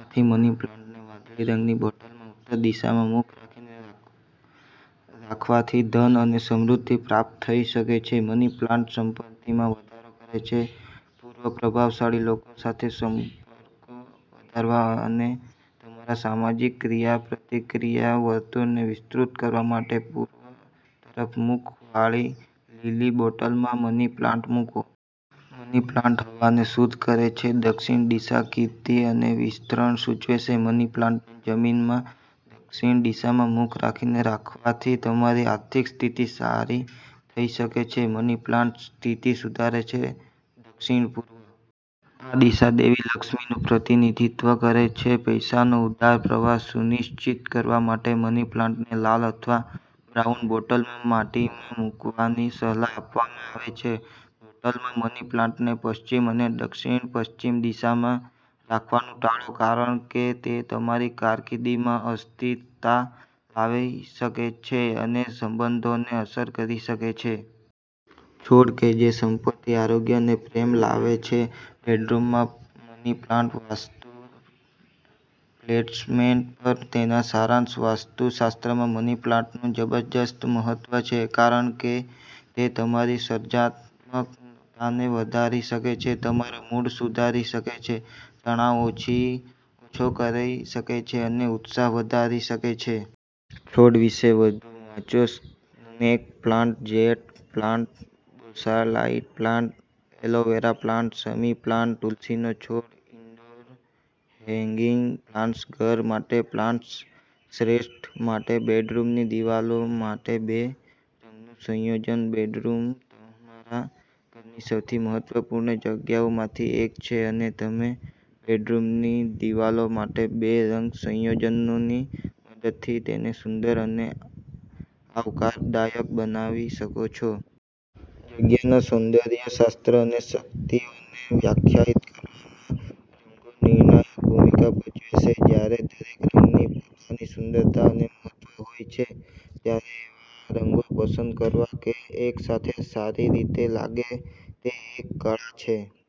આથી મની પ્લાન્ટને વાદળી રંગની બોટલમાં ઉત્તર દિશામાં મુખ રાખીને રાખવાથી ધન અને સમૃદ્ધિ પ્રાપ્ત થઈ શકે છે. મની પ્લાન્ટ સંપત્તિમાં વધારો કરે છે .પૂર્વપ્રભાવશાળી લોકો સાથે સંપર્કો વધારવા અને તમારા સામાજિક ક્રિયાપ્રતિક્રિયા વર્તુળને વિસ્તૃત કરવા માટે પૂર્વ તરફ મુખવાળી લીલી બોટલમાં મની પ્લાન્ટ મૂકો. મની પ્લાન્ટ હવાને શુદ્ધ કરે છે. દક્ષિણ દિશા કીર્તિ અને વિસ્તરણ સૂચવે છે. મની પ્લાન્ટને જમીનમાં દક્ષિણ દિશામાં મુખ રાખીને રાખવાથી તમારી આર્થિક સ્થિતિ સારી થઈ શકે છે. મની પ્લાન્ટ સ્થિતિ સુધારે છે, દક્ષિણ આ દિશા દેવી લક્ષ્મીનું પ્રતિનિધિત્વ કરે છે. પૈસાનો ઉદાર પ્રવાહ સુનિશ્ચિત કરવા માટે મની પ્લાન્ટને લાલ અથવા બ્રાઉન બોટલમાં માટીમાં મૂકવાની સલાહ આપવામાં આવે છે. બોટલમાં મની પ્લાન્ટને પશ્ચિમ અને દક્ષિણ-પશ્ચિમ દિશામાં રાખવાનું ટાળો, કારણ કે તે તમારી કારકિર્દીમાં અસ્થિરતા લાવી શકે છે અને સંબંધોને અસર કરી શકે છે. છોડ કે જે સંપત્તિ, આરોગ્ય અને પ્રેમ લાવે છે .બેડરૂમમાં મની પ્લાન્ટના વાસ્તુ પ્લેસમેન્ટ પર તેનો સારાંશ, વાસ્તુશાસ્ત્રમાં મની પ્લાન્ટનું જબરદસ્ત મહત્વ છે, કારણ કે તે તમારી સર્જનાત્મકતાને વધારી શકે છે, તમારો મૂડ સુધારી શકે છે, તણાવ ઓછો કરી શકે છે અને ઉત્સાહ વધારી શકે છે. છોડ વિશે વધુ વાંચો snake plant, jade plant ,bonsai plant, aloe vera plant, શમી પ્લાન્ટ ,તુલસીનો છોડ ,ઇન્ડોર હેંગિંગ પ્લાન્ટ્સ ઘર માટે પ્લાન્ટ શ્રેષ્ઠ. માટે બેડરૂમની દિવાલો માટે બે રંગનું સંયોજન, બેડરૂમતમારા ઘરની સૌથી મહત્વપૂર્ણ જગ્યાઓમાંથી એક છે અને તમે બેડરૂમની દિવાલો માટે બે રંગ સંયોજનોની મદદથી તેને સુંદર અને આવકારદાયક બનાવી શકો છો. જગ્યાના સૌંદર્ય શાસ્ત્ર અને શક્તિઓને વ્યાખ્યાયિત કરવામાં રંગો નિર્ણાયક ભૂમિકા ભજવે છે. જ્યારે દરેક રંગની પોતાની સુંદરતા અને મહત્વ હોય છે, ત્યારે એવા રંગો પસંદ કરવા જે એકસાથે સારી રીતે લાગે તે એક કળા છે.